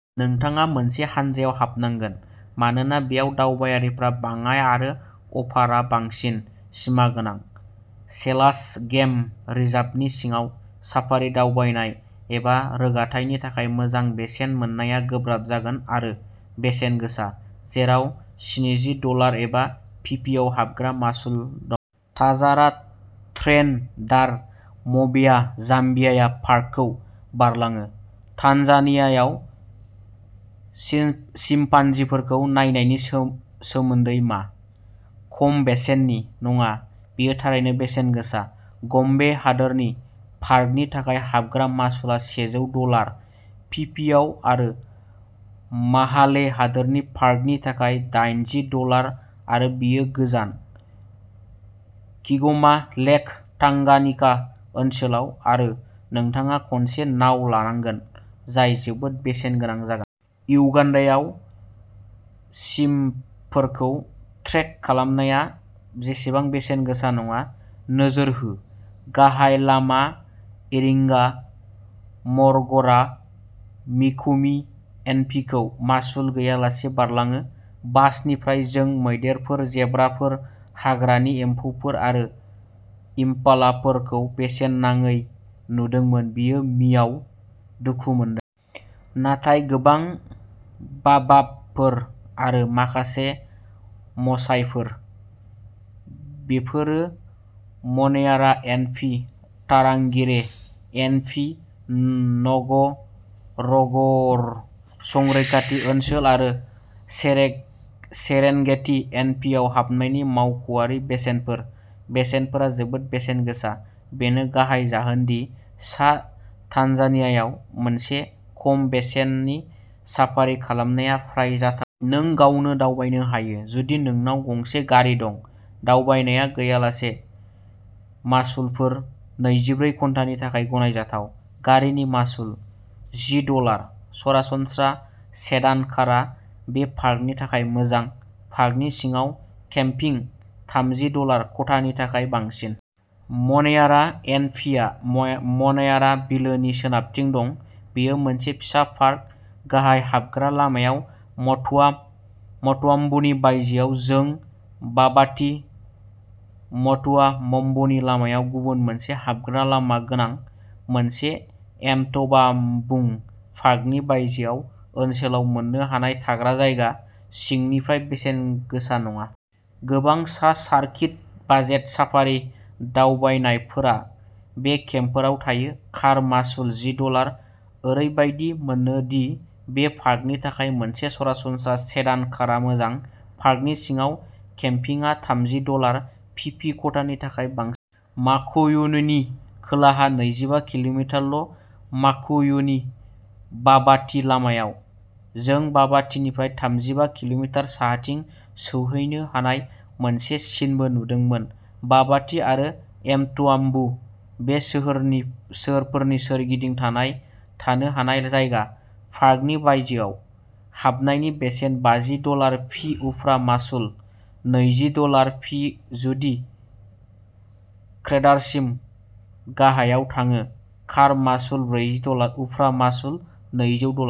नोंथाङा मोनसे हान्जायाव हाबनांगोन, मानोना बेयाव दावबायारिफ्रा बाङाय आरो अफारआ बांसिन सिमागोनां, सेलास गेम रिजार्भनि सिङाव साफारि दावबायनाय एबा रोगाथायनि थाखाय मोजां बेसेन मोननाया गोब्राब जागोन आरो बेसेन गोसा, जेराव स्निजि डलार एबा पिपिआव हाबग्रा मासुल दं। ताजारा ट्रेन दार-मबेया-जाम्बियाया पार्कखौ बारलाङो। तान्जानियायाव चिम्पान्जिफोरखौ नायनायनि सोमोन्दै मा? खम बेसेननि? नङा, बेयो थारैनो बेसेन गोसा। गम्बे हादोरनि पार्कनि थाखाय हाबग्रा मासुलआ सेजौ डलार/पिपिआव आरो माहाले हादोरारि पार्कनि थाखाय दाइनजि डलार आरो बेयो गोजान, किग'मा-लेक टांगानिका ओनसोलाव आरो नोंथाङा खनसे नाव लानांगोन जाय जोबोद बेसेन गोनां जागोन। इउगान्डायाव, चिम्पफोरखौ ट्रेक खालामनाया जेसेबां बेसेन गोसा नङा। नोजोर होः गाहाय लामा इरिंगा-मरगर'आ मिकुमि एनपिखौ मासुल गैयालासे बारलाङो। बासनिफ्राय, जों मैदेरफोर, जेब्राफोर, हाग्रानि एम्फौफोर आरो इम्पालाफोरखौ बेसेन नाङै नुदोंमोन बेयो मि आव दुखु मोनदों! नाथाय गोबां बाबाबफोर आरो माखासे मसाइफोर! बेफोरो Manyara N P, Tarangire N P, Ngorongoro संरैखाथि ओनसोल आरो सेरेग सेरेनगेटि एन पि आव हाबनायनि मावख'आरि बेसेनफोर। बेसेनफोरा जोबोद बेसेन गोसा, बेनो गाहाय जाहोन दि सा तान्जानियायाव मोनसे खम बेसेननि साफारि खालामनाया फ्राय जाथा-- नों गावनो दावबायनो हायो, जुदि नोंनाव गंसे गारि दं, दावबायनाया गैयालासे। मासुलफोर नैजिब्रै घन्टानि थाखाय गनायजाथाव। गारिनि मासुलः जि डलार। सरासनस्रा सेडान कारआ बे पार्कनि थाखाय मोजां। पार्कनि सिङाव केम्पिंः थामजि डलार खथानि थाखाय बांसिन। मन्यारा एन पि आ म मन्यारा बिलोनि सोनाबथिं दं, बेयो मोनसे फिसा पार्क। गाहाय हाबग्रा लामायाव मट'वा मट'वा म्बुनि बायजोआव। जों बाबाति-मट'वा मम्बुनि लामायाव गुबुन मोनसे हाबग्रा लामा गोनां मोनसे एमट'वा म्बुः पार्कनि बायजोआव, ओनसोलाव मोननो हानाय थाग्रा जायगा, सिंनिफ्राय बेसेन गोसा नङा। गोबां सा सार्किट बाजेट साफारि दावबायनायफोरा बे केम्पफोराव थायो। कार मासुलः जि डलार। ओरैबायदि मोनो दि बे पार्कनि थाखाय मोनसे सरासनस्रा सेडान कारआ मोजां। पार्कनि सिङाव केम्पिंगआ थामजि डलार/पि पि। खथानि थाखाय बां --- माकुयुनिनि खोलाहा नैजिबा किल'मिटारल', माकुयुनि-बाबाति लामायाव। जों बाबातिनिफ्राय थामजिबा किल'मिटार साहाथिं सौहैनो हानाय मोनसे सिनबो नुदोंमोन। बाबाति आरो एमट'वा म्बुः बे सोहोरनि सोहोरफोरनि सोरगिदिं थानाय थानो हानाय जायगा, पार्कनि बायजोआव। हाबनायनि बेसेनः बाजि डलार पि उफ्रा मासुलः नैजि डलार पि जुदि क्रेडारसिम गाहायाव थाङो। कार मासुलः ब्रैजि डलार। उफ्रा मासुलः नैजौ डलार।